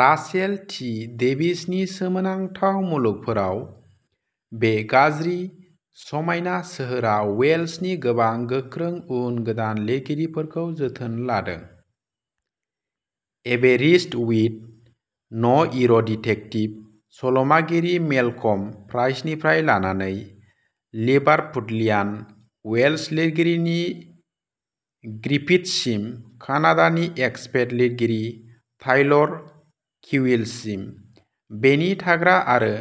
Russell T. डेभिसनि सोमोनांथाव मुलुगफोराव, "बे गाज्रि, समायना सोहोर"आ वेल्सनि गोबां गोख्रों उन गोदान लिरगिरिफोरखौ जोथोन लादों। 'एबेरिष्टविथ न'इर'डिटेक्टिभ सल'मागिरि मेलकम प्राइसनिफ्राय लानानै लिभारपुडलियान वेल्श लिरगिरिनि ग्रिफिथ्ससिम, कानाडानि एक्सपेट लिरगिरि टाइलर किविलसिम, बेनि थाग्रा आरो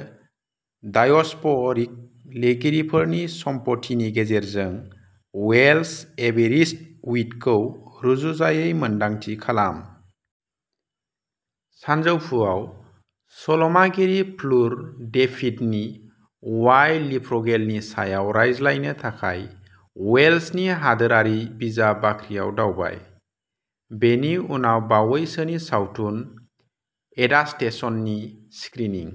डायस्प'रिक लिरगिरिफोरनि सम्पथिनि गेजेरजों वेल्श एबेरिष्टविथखौ रुजुजायै मोन्दांथि खालाम। सानजौफुआव, सल'मागिरि फ्लुर डेफिडनि वाई लिफ्रगेलनि सायाव रायज्लायनो थाखाय वेल्सनि हादोरारि बिजाब बाख्रियाव दावबाय, बेनि उनाव बावैसोनि सावथुन एडाप्टेसननि स्क्रिनिं।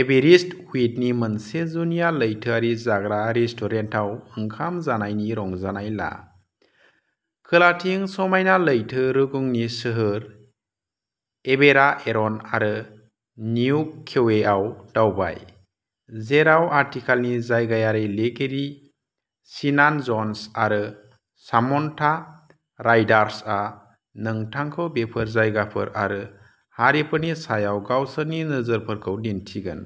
एबेरिष्टविथनि मोनसे जुनिया लैथोआरि जाग्रा रेस्टुरेन्टाव ओंखाम जानायनि रंजानाय ला। खोलाथिं समायना लैथो रुगुंनि सोहोर एबेराएरन आरो निउ क्वेआव दावबाय, जेराव आथिखालनि जायगायारि लिरगिरि सिनान जन्स आरो सामन्था राइडार्चआ नोंथांखौ बेफोर जायगाफोर आरो हारिफोरनि सायाव गावसोरनि नोजोरफोरखौ दिन्थिगोन।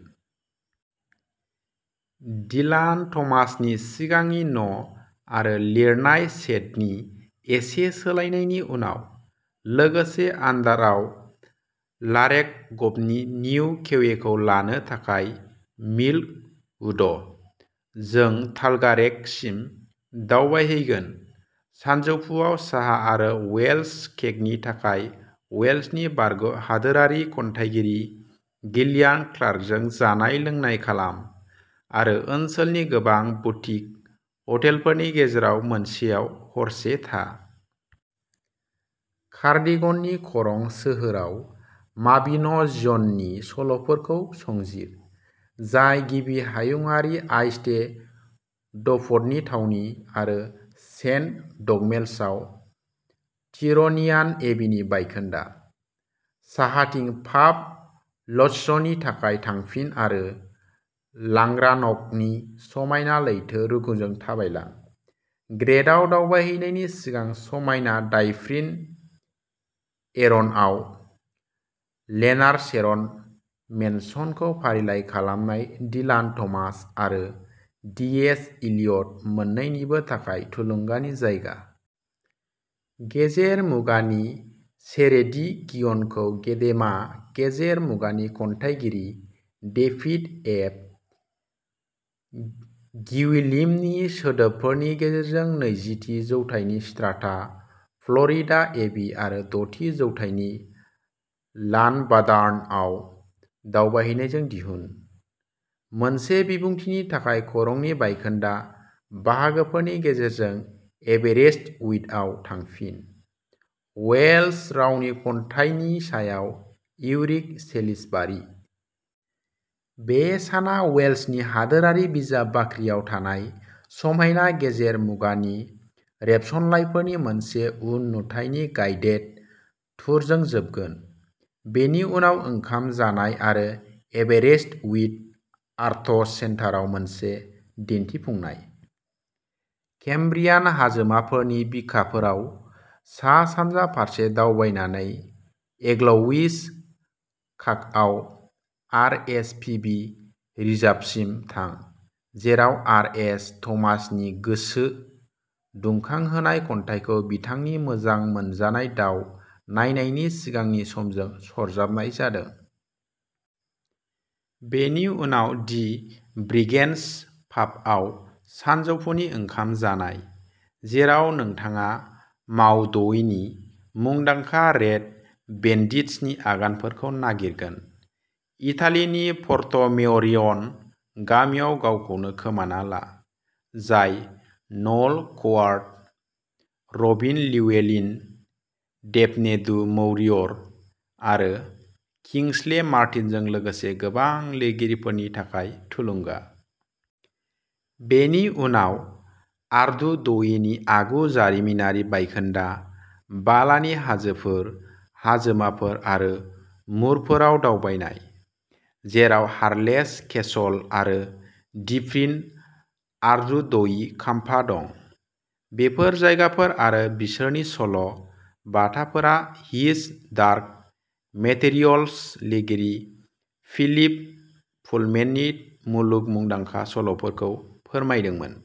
डिलान थमासनि सिगांनि न'आरो लिरनाय सेडनि एसे सोलायनायनि उनाव, लोगोसे आन्डारआव लारेगगबनि निउ क्वेखौ लानो थाखाय मिल्क वुड', जों टालगारेगसिम दावबायहैगोन सानजौफुआव साहा आरो वेल्स केकनि थाखाय वेल्सनि बारग' हादोरारि खन्थाइगिरि गिलियान क्लार्कजों जानाय लोंनाय खालाम आरो ओनसोलनि गोबां बुटिक हटेलफोरनि गेजेराव मोनसेयाव हरसे था। कार्डिगननि खरं सोहोराव माबिन'जिय'ननि सल'फोरखौ संजिर, जाय गिबि हायुंआरि आइस्टेडफ'डनि थावनि, आरो सेन्ट डगमेल्सआव टिर'नियान एबीनि बायखोन्दा। साहाथिं पाब लञ्चनि थाखाय थांफिन आरो ल्लांग्रान'गनि समायना लैथो रुगुंजों थाबायलां, ग्रेडआव दावबायहैनायनि सिगां समायना डाइफ्रिन एर'नआव ल्लेनारचेरन मेनसनखौ फारिलाइ खालामनाय डिलान थमास आरो टीएस इलियट मोन्नैनिबो थाखाय थुलुंगानि जायगा। गेजेर मुगानि सेरेडिगियनखौ गेदेमा गेजेर मुगानि खन्थाइगिरि डेफिड एप ग्विलिमनि सोदोबफोरनि गेजेरजों जिनैथि जौथाइनि स्ट्राटा फ्ल'रिडा एबी आरो द'थि जौथाइनि ल्लानबाडार्नआव दावबायहैनायजों दिहुन। मोनसे बिबुंथिनि थाखाय खरंनि बायखोन्दा बाहागोफोरनि गेजेरजों एबेरेस्टविथआव थांफिन। वेल्श रावनि खन्थाइनि सायाव इउरिग सेलिसबारि। बे साना वेल्सनि हादोरारि बिजाब बाख्रियाव थानाय समायना गेजेर मुगानि रेबसनलाइफोरनि मोनसे उन नुथायनि गाइडेड टुरजों जोबगोन। बेनि उनाव ओंखाम जानाय आरो एबेरेस्टविथ आर्टस सेन्टाराव मोनसे दिन्थिफुंनाय। केम्ब्रियान हाजोमाफोरनि बिखाफोराव सा सानजा फारसे दावबायनानै एग्लविस फाकआव आरएसपिबि रिजार्भसिम थां, जेराव आरएस थमासनि गोसो दुंखांहोनाय खन्थाइखौ बिथांनि मोजां मोनजानाय दाव नायनायनि सिगांनि समजों सरजाबनाय जादों। बेनि उनाव दि ब्रिगेन्डस पाबआव सानजौफुनि ओंखाम जानाय, जेराव नोंथाङा मावडविनि मुंदांखा रेड बेन्डिट्सनि आगानफोरखौ नागिरगोन। इटालीनि पर्टमेयरियन गामियाव गावखौनो खोमाना ला, जाय Noël Coward, Robin Llewellyn, Daphne du Maurier आरो किंग्सले मार्टिनजों लोगोसे गोबां लिरगिरिफोरनि थाखाय थुलुंगा। बेनि उनाव आर्डुडविनि आगु जारिमिनारि बायखोन्दा, बालानि हाजोफोर, हाजोमाफोर आरो मुरफोराव दावबायनाय, जेराव हार्लेच केसल आरो डिफ्रीन आर्डुडवि खामफा दं। बेफोर जायगाफोर आरो बिसोरनि सल' बाथाफोरा हिज डार्क मेटेरियल्स लिरगिरि फिलिप पुलमेननि मुलुग मुंदांखा सल'फोरखौ फोरमायदोंमोन।